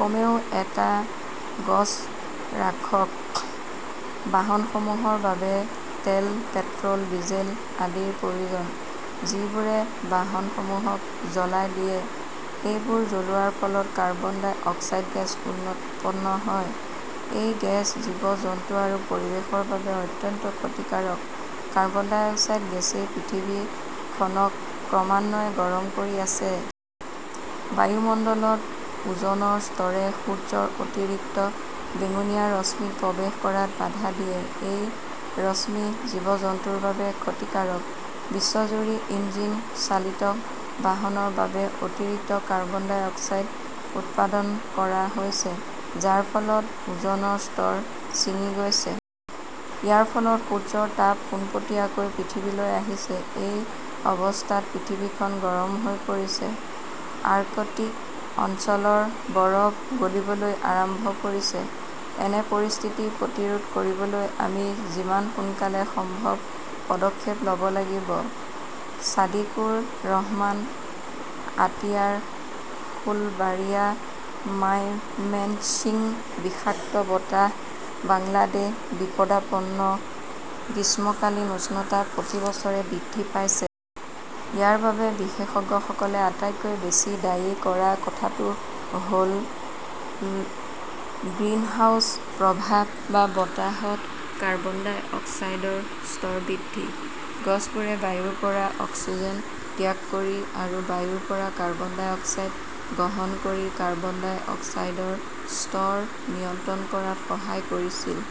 কমেও এটা গছ ৰাখক বাহনসমূহৰ বাবে তেল, পেট্ৰ "ল, ডিজেল আদিৰ প্ৰয়োজন-যিবোৰে বাহনসমূহক জ্বলাই দিয়ে। সেইবোৰ জ্বলোৱাৰ ফলত কাৰ্বন ডাই অক্সাইড গেছ উৎপন্ন হয়। এই গেছ জীৱ-জন্তু আৰু পৰিৱেশৰ বাবে অত্যন্ত ক্ষতিকাৰক। কাৰ্বন ডাই অক্সাইড গেছই পৃথিৱীখনক ক্ৰমান্বয়ে গৰম কৰি আছে। বায়ুমণ্ডলত ওজনৰ স্তৰে সূৰ্যৰ অতিৰিক্ত বেঙুনীয়া ৰশ্মিক প্ৰৱেশ কৰাত বাধা দিয়ে। এই ৰশ্মি জীৱ-জন্তুৰ বাবে ক্ষতিকাৰক। বিশ্বজুৰি ইঞ্জিন চালিত বাহনৰ বাবে অতিৰিক্ত কাৰ্বন ডাই অক্সাইড উৎপাদন কৰা হৈছে, যাৰ ফলত ওজনৰ স্তৰ ছিঙি গৈছে। ইয়াৰ ফলত সূৰ্যৰ তাপ পোনপটীয়াকৈ পৃথিৱীলৈ আহিছে। এই অৱস্থাত পৃথিৱীখন গৰম হৈ পৰিছে। আৰ্কটিক অঞ্চলৰ বৰফ গলিবলৈ আৰম্ভ কৰিছে। এনে পৰিস্থিতি প্ৰতিৰোধ কৰিবলৈ আমি যিমান সোনকালে সম্ভৱ পদক্ষেপ ল "ব লাগিব। ছাদিকুৰ ৰহমান আতিয়াৰ ফুলবাৰিয়া, মাইমেন্সিং বিষাক্ত বতাহ, বাংলাদেশ বিপদাপন্ন " গ্ৰীষ্মকালীন উষ্ণতা প্ৰতি বছৰে বৃদ্ধি পাইছে। ইয়াৰ বাবে বিশেষজ্ঞসকলে আটাইতকৈ বেছি দায়ী কৰা কথাটো হ "ল গ্ৰিনহাউজ প্ৰভাৱ বা বতাহত কাৰ্বন-ডাই অক্সাইডৰ স্তৰ বৃদ্ধি। গছবোৰে বায়ুৰ পৰা অক্সিজেন ত্যাগ কৰি আৰু বায়ুৰ পৰা কাৰ্বন-ডাই অক্সাইড গ্ৰহণ কৰি কাৰ্বন-ডাই অক্সাইডৰ স্তৰ নিয়ন্ত্ৰণ কৰাত সহায় কৰিছিল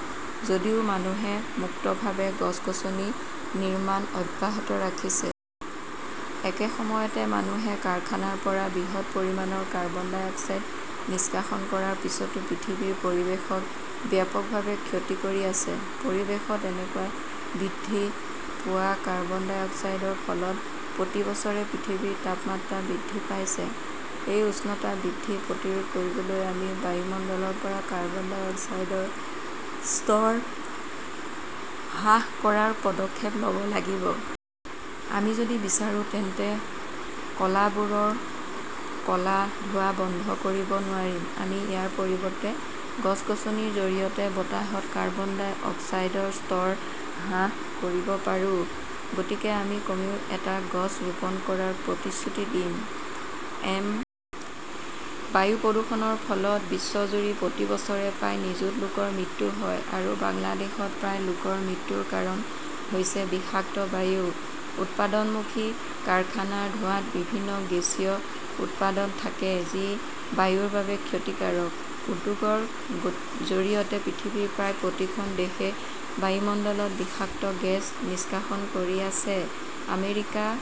যদিও মানুহে মুক্তভাৱে গছ-গছনি নিৰ্মাণ অব্যাহত ৰাখিছে। একে সময়তে, মানুহে কাৰখানাৰ পৰা বৃহৎ পৰিমাণৰ কাৰ্বন-ডাই অক্সাইড নিষ্কাশন কৰাৰ পিছতো পৃথিৱীৰ পৰিৱেশক ব্যাপকভাৱে ক্ষতি কৰি আছে। পৰিৱেশত এনেদৰে বৃদ্ধি পোৱা কাৰ্বন-ডাই অক্সাইডৰ ফলত প্ৰতি বছৰে পৃথিৱীৰ তাপমাত্ৰা বৃদ্ধি পাইছে। এই উষ্ণতা বৃদ্ধি প্ৰতিৰোধ কৰিবলৈ আমি বায়ুমণ্ডলৰ পৰা কাৰ্বন-ডাই অক্সাইডৰ স্তৰ হ্ৰাস কৰাৰ পদক্ষেপ ল 'ব লাগিব। আমি যদি বিচাৰো তেন্তে কলাবোৰৰ ক 'লা ধোঁৱা বন্ধ কৰিব নোৱাৰিম। আমি ইয়াৰ পৰিৱৰ্তে গছ-গছনিৰ জৰিয়তে বতাহত কাৰ্বন-ডাই অক্সাইডৰ স্তৰ হ্ৰাস কৰিব পাৰোঁ। গতিকে আমি কমেও এটা গছ ৰোপণ কৰাৰ প্ৰতিশ্ৰুতি দিম। এম. বায়ু প্ৰদূষণৰ ফলত বিশ্বজুৰি প্ৰতি বছৰে প্ৰায় নিযুত লোকৰ মৃত্যু হয়। আৰু বাংলাদেশত প্ৰায় লোকৰ মৃত্যুৰ কাৰণ হৈছে বিষাক্ত বায়ু। উৎপাদনমুখী কাৰখানাৰ ধোঁৱাত বিভিন্ন গেছীয় উপাদান থাকে যি বায়ুৰ বাবে ক্ষতিকাৰক। উদ্যোগৰ জৰিয়তে পৃথিৱীৰ প্ৰায় প্ৰতিখন দেশে বায়ুমণ্ডলত বিষাক্ত গেছ নিষ্কাশন কৰি আছে। আমেৰিকা